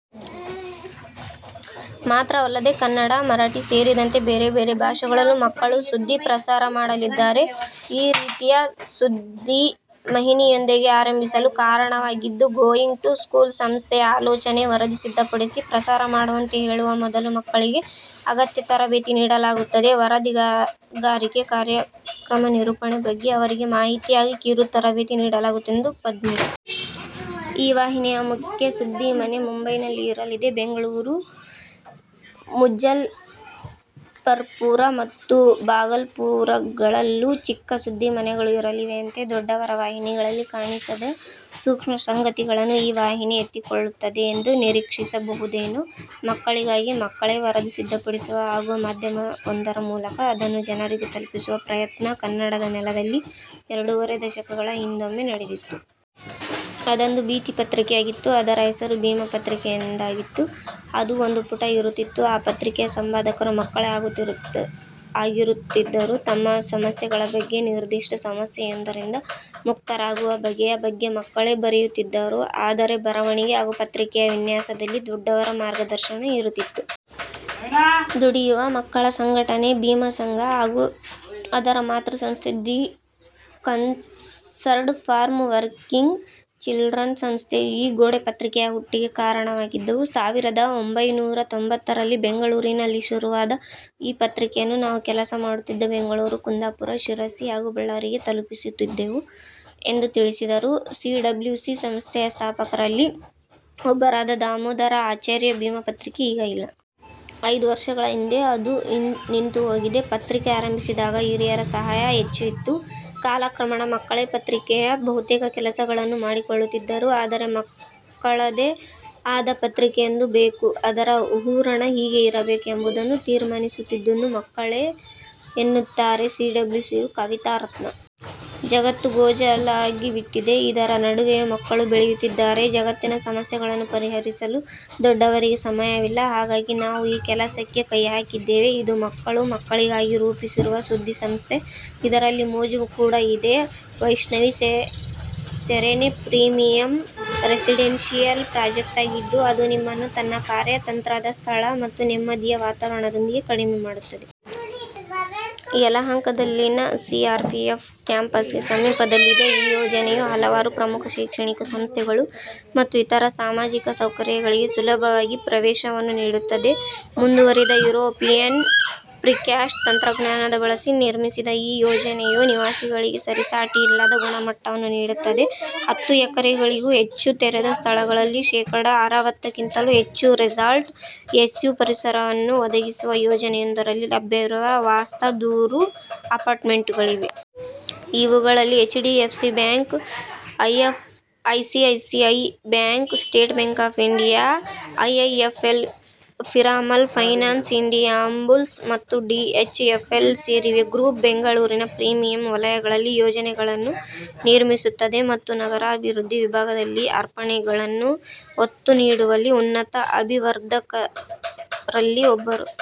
ಮಾತ್ರವಲ್ಲದೆ ಕನ್ನಡ, ಮರಾಠಿ ಸೇರಿದಂತೆ ಬೇರೆ ಬೇರೆ ಭಾಷೆಗಳಲ್ಲೂ ಮಕ್ಕಳು ಸುದ್ದಿ ಪ್ರಸಾರ ಮಾಡಲಿದ್ದಾರೆ. ಈ ರೀತಿಯ ಸುದ್ದಿ ವಾಹಿನಿಯೊಂದನ್ನು ಆರಂಭಿಸಲು ಕಾರಣವಾಗಿದ್ದು ಗೋಯಿಂಗ್ ಟು ಸ್ಕೂಲ್ ಸಂಸ್ಥೆಯ ಆಲೋಚನೆ. ವರದಿ ಸಿದ್ಧಪಡಿಸಿ, ಪ್ರಸಾರ ಮಾಡುವಂತೆ ಹೇಳುವ ಮೊದಲು ಮಕ್ಕಳಿಗೆ ಅಗತ್ಯ ತರಬೇತಿ ನೀಡಲಾಗುತ್ತದೆ. ವರದಿಗಾರಿಕೆ, ಕಾರ್ಯಕ್ರಮ ನಿರೂಪಣೆ ಬಗ್ಗೆ ಅವರಿಗೆ ಮಾಹಿತಿ ಹಾಗೂ ಕಿರು ತರಬೇತಿ ನೀಡಲಾಗುತ್ತದೆ' ಎಂದರು ಪದ್ಮಿನಿ. ಈ ವಾಹಿನಿಯ ಮುಖ್ಯ 'ಸುದ್ದಿಮನೆ' ಮುಂಬೈನಲ್ಲಿ ಇರಲಿದೆ. ಬೆಂಗಳೂರು, ಮುಝಫ್ಫರ್ಪುರ ಮತ್ತು ಭಾಗಲ್ಪುರಗಳಲ್ಲೂ ಚಿಕ್ಕ 'ಸುದ್ದಿಮನೆ'ಗಳು ಇರಲಿವೆಯಂತೆ. ದೊಡ್ಡವರ ವಾಹಿನಿಗಳಲ್ಲಿ ಕಾಣಿಸದ ಸೂಕ್ಷ್ಮ ಸಂಗತಿಗಳನ್ನು ಈ ವಾಹಿತಿ ಎತ್ತಿಕೊಳ್ಳುತ್ತದೆ ಎಂದು ನಿರೀಕ್ಷಿಸಬಹುದೇನೋ. ಮಕ್ಕಳಿಗಾಗಿ ಮಕ್ಕಳೇ ವರದಿ ಸಿದ್ಧಪಡಿಸುವ ಹಾಗೂ ಮಾಧ್ಯಮವೊಂದರ ಮೂಲಕ ಅದನ್ನು ಜನರಿಗೆ ತಲುಪಿಸುವ ಪ್ರಯತ್ನ ಕನ್ನಡದ ನೆಲದಲ್ಲಿ ಎರಡೂವರೆ ದಶಕಗಳ ಹಿಂದೊಮ್ಮೆ ನಡೆದಿತ್ತು. ಅದೊಂದು ಭಿತ್ತಿ ಪತ್ರಿಕೆ ಆಗಿತ್ತು. ಅದರ ಹೆಸರು 'ಭೀಮ ಪತ್ರಿಕೆ' ಎಂದಾಗಿತ್ತು. ಅದು ಒಂದು ಪುಟ ಇರುತ್ತಿತ್ತು. ಆ ಪತ್ರಿಕೆಯ ಸಂಪಾದಕರು ಮಕ್ಕಳೇ ಆಗಿರುತ್ತಿದ್ದರು. ತಮ್ಮ ಸಮಸ್ಯೆಗಳ ಬಗ್ಗೆ, ನಿರ್ದಿಷ್ಟ ಸಮಸ್ಯೆಯೊಂದರಿಂದ ಮುಕ್ತರಾಗುವ ಬಗೆಯ ಬಗ್ಗೆ ಮಕ್ಕಳೇ ಬರೆಯುತ್ತಿದ್ದರು. ಆದರೆ ಬರವಣಿಗೆ ಹಾಗೂ ಪತ್ರಿಕೆಯ ವಿನ್ಯಾಸದಲ್ಲಿ ದೊಡ್ಡವರ ಮಾರ್ಗದರ್ಶನ ಇರುತ್ತಿತ್ತು. ದುಡಿಯುವ ಮಕ್ಕಳ ಸಂಘಟನೆ 'ಭೀಮ ಸಂಘ' ಹಾಗೂ ಅದರ ಮಾತೃ ಸಂಸ್ಥೆ 'the concerned for working children' ಸಂಸ್ಥೆಯು ಈ ಗೋಡೆಪತ್ರಿಕೆಯ ಹುಟ್ಟಿಗೆ ಕಾರಣವಾಗಿದ್ದವು. 'ಸಾವಿರದ ಒಂಭೈನೂರ ತೊಂಭತ್ತರಲ್ಲಿ ಬೆಂಗಳೂರಿನಲ್ಲಿ ಶುರುವಾದ ಈ ಪತ್ರಿಕೆಯನ್ನು ನಾವು ಕೆಲಸ ಮಾಡುತ್ತಿದ್ದ ಬೆಂಗಳೂರು, ಕುಂದಾಪುರ, ಶಿರಸಿ ಹಾಗೂ ಬಳ್ಳಾರಿಗೆ ತಲುಪಿಸುತ್ತಿದ್ದೆವು' ಎಂದು ತಿಳಿಸಿದರು ಸಿಡಬ್ಲ್ಯೂಸಿ ಸಂಸ್ಥೆಯ ಸ್ಥಾಪಕರಲ್ಲಿ ಒಬ್ಬರಾದ ದಾಮೋದರ ಆಚಾರ್ಯ 'ಭೀಮ ಪತ್ರಿಕೆ' ಈಗ ಇಲ್ಲ. ಐದು ವರ್ಷಗಳ ಹಿಂದೆ ಅದು ನಿಂತುಹೋಗಿದೆ. 'ಪತ್ರಿಕೆ ಆರಂಭಿಸಿದಾಗ ಹಿರಿಯರ ಸಹಾಯ ಹೆಚ್ಚು ಇತ್ತು. ಕಾಲಕ್ರಮೇಣ ಮಕ್ಕಳೇ ಪತ್ರಿಕೆಯ ಬಹುತೇಕ ಕೆಲಸಗಳನ್ನು ಮಾಡಿಕೊಳ್ಳುತ್ತಿದ್ದರು. ಆದರೆ, ಮಕ್ಕಳದೇ ಆದ ಪತ್ರಿಕೆಯೊಂದು ಬೇಕು, ಅದರ ಹೂರಣ ಹೀಗೇ ಇರಬೇಕು ಎಂಬುದನ್ನು ತೀರ್ಮಾನಿಸುತ್ತಿದ್ದುದು ಮಕ್ಕಳೇ' ಎನ್ನುತ್ತಾರೆ ಸಿಡಬ್ಲ್ಯೂಸಿಯ ಕವಿತಾ ರತ್ನಾ. ಜಗತ್ತು ಗೋಜಲಾಗಿಬಿಟ್ಟಿದೆ. ಇದರ ನಡುವೆಯೇ ಮಕ್ಕಳು ಬೆಳೆಯುತ್ತಿದ್ದಾರೆ. ಜಗತ್ತಿನ ಸಮಸ್ಯೆಗಳನ್ನು ಪರಿಹರಿಸಲು ದೊಡ್ಡವರಿಗೆ ಸಮಯವಿಲ್ಲ. ಹಾಗಾಗಿ ನಾವು ಈ ಕೆಲಸಕ್ಕೆ ಕೈಹಾಕಿದ್ದೇವೆ. ಇದು ಮಕ್ಕಳು, ಮಕ್ಕಳಿಗಾಗಿ ರೂಪಿಸಿರುವ ಸುದ್ಧಿ ಸಂಸ್ಥೆ. ಇದರಲ್ಲಿ ಮೋಜು ಕೂಡ ಇದೆ. Vaishnavi serene premium residential project ಆಗಿದ್ದು, ಅದು ನಿಮ್ಮನ್ನು ತನ್ನ ಕಾರ್ಯತಂತ್ರದ ಸ್ಥಳ ಮತ್ತು ನೆಮ್ಮದಿಯ ವಾತಾವರಣದೊಂದಿಗೆ ಕಡಿಮೆ ಮಾಡುತ್ತದೆ. ಯಳಹಂಕಾದಲ್ಲಿನ ಸಿಆರ್ಪಿಎಫ್ ಕ್ಯಾಂಪಸ್ಗೆ ಸಮೀಪದಲ್ಲಿದೆ, ಈ ಯೋಜನೆಯು ಹಲವಾರು ಪ್ರಮುಖ ಶೈಕ್ಷಣಿಕ ಸಂಸ್ಥೆಗಳು ಮತ್ತು ಇತರ ಸಾಮಾಜಿಕ ಸೌಕರ್ಯಗಳಿಗೆ ಸುಲಭವಾಗಿ ಪ್ರವೇಶವನ್ನು ನೀಡುತ್ತದೆ. ಮುಂದುವರಿದ ಯುರೋಪಿಯನ್ ಪ್ರಿಕ್ಯಾಸ್ಟ್ ತಂತ್ರಜ್ಞಾನವನ್ನು ಬಳಸಿ ನಿರ್ಮಿಸಿದ ಈ ಯೋಜನೆಯು ನಿವಾಸಿಗಳಿಗೆ ಸರಿಸಾಟಿಯಿಲ್ಲದ ಗುಣಮಟ್ಟವನ್ನು ನೀಡುತ್ತದೆ. ಹತ್ತು ಎಕರೆಗಳಿಗೂ ಹೆಚ್ಚು ತೆರೆದ ಸ್ಥಳಗಳಲ್ಲಿ ಶೆಕಡಾ ಅರವತ್ತಕ್ಕಿಂತಲೂ ಹೆಚ್ಚು ರೆಸಾರ್ಟ್ ಎಸ್ಕ್ಯೂ ಪರಿಸರವನ್ನು ಒದಗಿಸುವ ಯೋಜನೆಯೊಂದರಲ್ಲಿ ಲಭ್ಯವಿರುವ ವಾಸ್ತ ದೂರು ಅಪಾರ್ಟ್ಮೆಂಟ್ಗಳಿವೆ. ಇವುಗಳಲ್ಲಿ HDFC bank, ICICI bank, state bank of India, IIFL, Piramal Finance, Indiabulls ಮತ್ತು ಡಿಎಚ್ಎಫ್ಎಲ್ ಸೇರಿವೆ. ಗ್ರೂಪ್ ಬೆಂಗಳೂರಿನ ಪ್ರೀಮಿಯಂ ವಲಯಗಳಲ್ಲಿ ಯೋಜನೆಗಳನ್ನು ನಿರ್ಮಿಸುತ್ತದೆ ಮತ್ತು ನಗರಾಭಿವೃದ್ಧಿ ವಿಭಾಗದಲ್ಲಿ ಅರ್ಪಣೆಗಳನ್ನು ಒತ್ತು ನೀಡುವಲ್ಲಿ ಉನ್ನತ ಅಭಿವರ್ಧಕರಲ್ಲಿ ಒಬ್ಬರು.